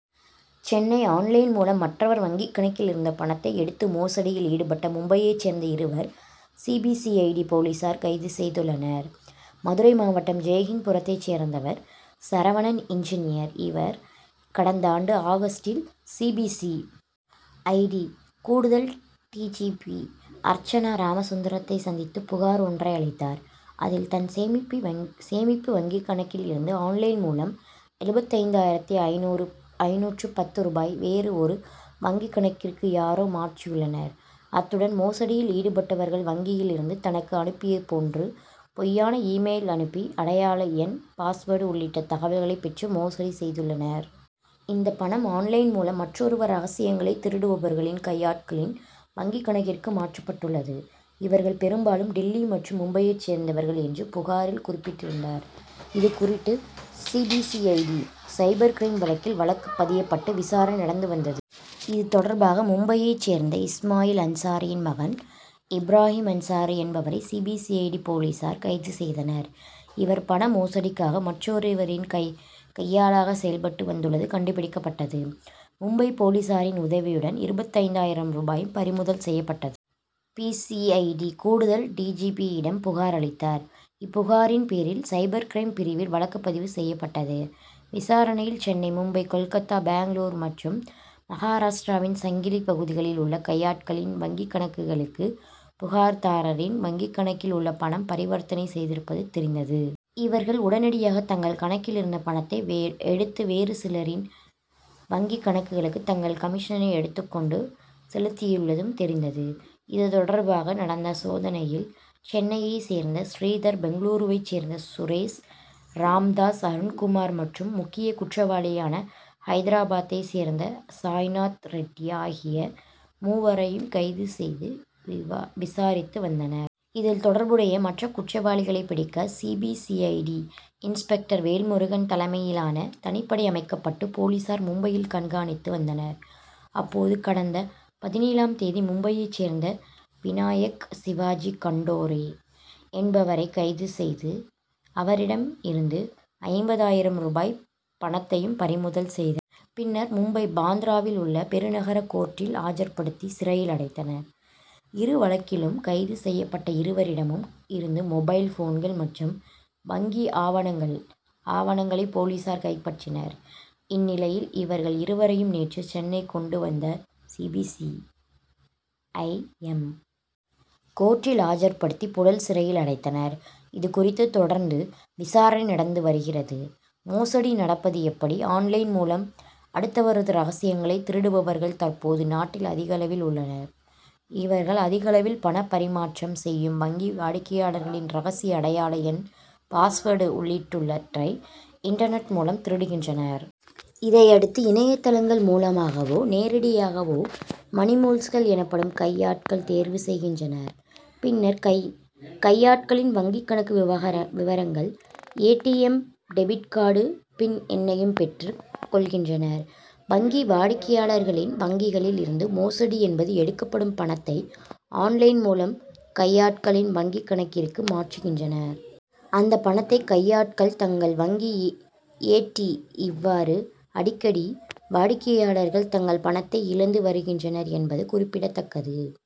சென்னைஆன்-லைன் மூலம் மற்றவர் வங்கிக் கணக்கில் இருந்த பணத்தை எடுத்து மோசடியில் ஈடுபட்ட மும்பையைச் சேர்ந்த இருவரை C. B. C. I. D. போலீசார் கைது செய்துள்ளனர். மதுரை மாவட்டம் ஜெய்ஹிந்த்புரத்தைச் சேர்ந்தவர் சரவணன் இன்ஜினியர். இவர் கடந்தாண்டு ஆகஸ்டில் C. B. C. I. D. கூடுதல் டி. ஜி. பி. அர்ச்சனா ராமசுந்தரத்தை சந்தித்து புகார் ஒன்றை அளித்தார். அதில் தன் சேமிப்பு வங்கிக் கணக்கில் இருந்து ஆன்-லைன் மூலம் எழுபத்தைந்தாயிரத்து ஐநூற்று பத்து ரூபாயை வேறு ஒரு வங்கிக் கணக்கிற்கு யாரோ மாற்றியுள்ளனர். அத்துடன் மோசடியில் ஈடுபட்டவர்கள் வங்கியில் இருந்து தனக்கு அனுப்பியது போன்று பொய்யான இ-மெயில் அனுப்பி அடையாள எண் பாஸ்வேர்டு உள்ளிட்ட தகவல்களை பெற்று மோசடி செய்துள்ளனர். இந்த பணம் ஆன்-லைன் மூலம் மற்றொருவர் ரகசியங்களை திருடுபவர்களின் கையாட்களின் வங்கிக் கணக்கிற்கு மாற்றப்பட்டுள்ளது. இவர்கள் பெரும்பாலும் டில்லி மற்றும் மும்பையைச் சேர்ந்தவர்கள் என்று புகாரில் கூறியிருந்தார். இதுகுறித்து C. B. C. I. D. Cyber crime பிரிவில் வழக்கு பதியப்பட்டு விசாரணை நடந்து வந்தது. இது தொடர்பாக மும்பையைச் சேர்ந்த இஸ்மாயில் அன்சாரியின் மகன் இப்ராகிம் அன்சாரி என்பவரை C. B. C. I. D. போலீசார் கைது செய்தனர். இவர் பண மோசடிக்காக மற்றொருவரின் கையாளாக செயல்பட்டு வந்துள்ளது கண்டுபிடிக்கப்பட்டது. மும்பை போலீசாரின் உதவியுடன் இருபத்தைந்தாயிரம் ரூபாயும் பறிமுதல் செய்யப்பட்டது. பி. சி. ஐ. டி. கூடுதல் டி. ஜி. பி.யிடம் புகார் அளித்தார். இப்புகாரின் பேரில் சைபர் கிரைம் பிரிவில் வழக்கு பதிவு செய்யப்பட்டது. விசாரணையில் சென்னை மும்பை கோல்கட்டா பெங்களூரு மற்றும் மகாராஷ்டிராவின் சங்கிலி பகுதிகளில் உள்ள கையாட்களின் வங்கிக் கணக்குகளுக்கு புகார்தாரரின் வங்கிக்கணக்கில் உள்ள பணம் பரிவர்த்தனை செய்திருப்பது தெரிந்தது. இவர்கள் உடனடியாக தங்கள் கணக்கில் இருந்து பணத்தை எடுத்து வேறு சிலரின் வங்கிக் கணக்குகளுக்கு தங்கள் கமிஷனை எடுத்துக் கொண்டு செலுத்தியுள்ளதும் தெரிந்தது. இது தொடர்பாக நடந்த சோதனையில் சென்னையைச் சேர்ந்த ஸ்ரீதர் பெங்களூருவைச் சேர்ந்த சுரேஷ் ராம்தாஸ் அருண்குமார் மற்றும் முக்கிய குற்றவாளியான ஐதராபாத்தைச் சேர்ந்த சாய்நாத் ரெட்டி ஆகிய மூவரையும் கைது செய்து விசாரித்து வந்தனர். இதில் தொடர்புடைய மற்ற குற்றவாளிகளை பிடிக்க C. B. C. I. D. Inspector Velmurugan தலைமையிலான தனிப்படை அமைக்கப்பட்டு போலீசார் மும்பையில் கண்காணித்து வந்தனர். அப்போது கடந்த பதினேழாம் தேதி மும்பையைச் சேர்ந்த விநாயக் சிவாஜி கண்டாரே என்பவரை கைது செய்து அவரிடம் இருந்து ஐம்பதாயிரம் ரூபாய் பணத்தையும் பறிமுதல் செய்தனர். பின்னர் மும்பை பாந்த்ராவில் உள்ள பெருநகர கோர்ட்டில் ஆஜர்படுத்தி சிறையில் அடைத்தனர். இருவழக்கிலும் கைது செய்யப்பட்ட இருவரிடமும் இருந்து மொபைல் போன்கள் மற்றும் வங்கி ஆவணங்களை போலீசார் கைப்பற்றினர். இந்நிலையில் இவர்கள் இருவரையும் நேற்று சென்னை கொண்டு வந்த C. B. C. I. M. கோர்ட்டில் ஆஜர்படுத்தி புழல் சிறையில் அடைத்தனர். இதுகுறித்து தொடர்ந்து விசாரணை நடந்து வருகிறது. மோசடி நடப்பது எப்படி? ஆன்-லைன் மூலம் அடுத்தவரது ரகசியங்களை திருடுபவர்கள் தற்போது நாட்டில் அதிகளவில் உள்ளனர். இவர்கள் அதிகளவில் பணப்பரிமாற்றம் செய்யும் வங்கி வாடிக்கையாளர்களின் ரகசிய அடையாள எண் பாஸ்வேர்டு உள்ளிட்டவற்றை இன்டர்நெட் மூலம் திருடுகின்றனர். இதையடுத்து இணையதளங்கள் மூலமாகவோ நேரிடையாகவோ மணிமுல்ஸ்கள் எனப்படும் கையாட்களை தேர்வு செய்கின்றனர். பின்னர் கையாட்களின் வங்கிக் கணக்கு விவரங்கள் A. T. M. Debit card "PIN' எண்ணையும் பெற்றுக் கொள்கின்றனர். வங்கி வாடிக்கையாளர்களின் வங்கிகளில் இருந்து மோசடி செய்து எடுக்கப்படும் பணத்தை ஆன்-லைன் மூலம் கையாட்களின் வங்கிக் கணக்கிற்கு மாற்றுகின்றனர். அந்த பணத்தை கையாட்கள் தங்கள் வங்கி ஏ. டி. இவ்வாறு அடிக்கடி வாடிக்கையாளர்கள் தங்கள் பணத்தை இழந்து வருகின்றனர் என்பது குறிப்பிடத்தக்கது.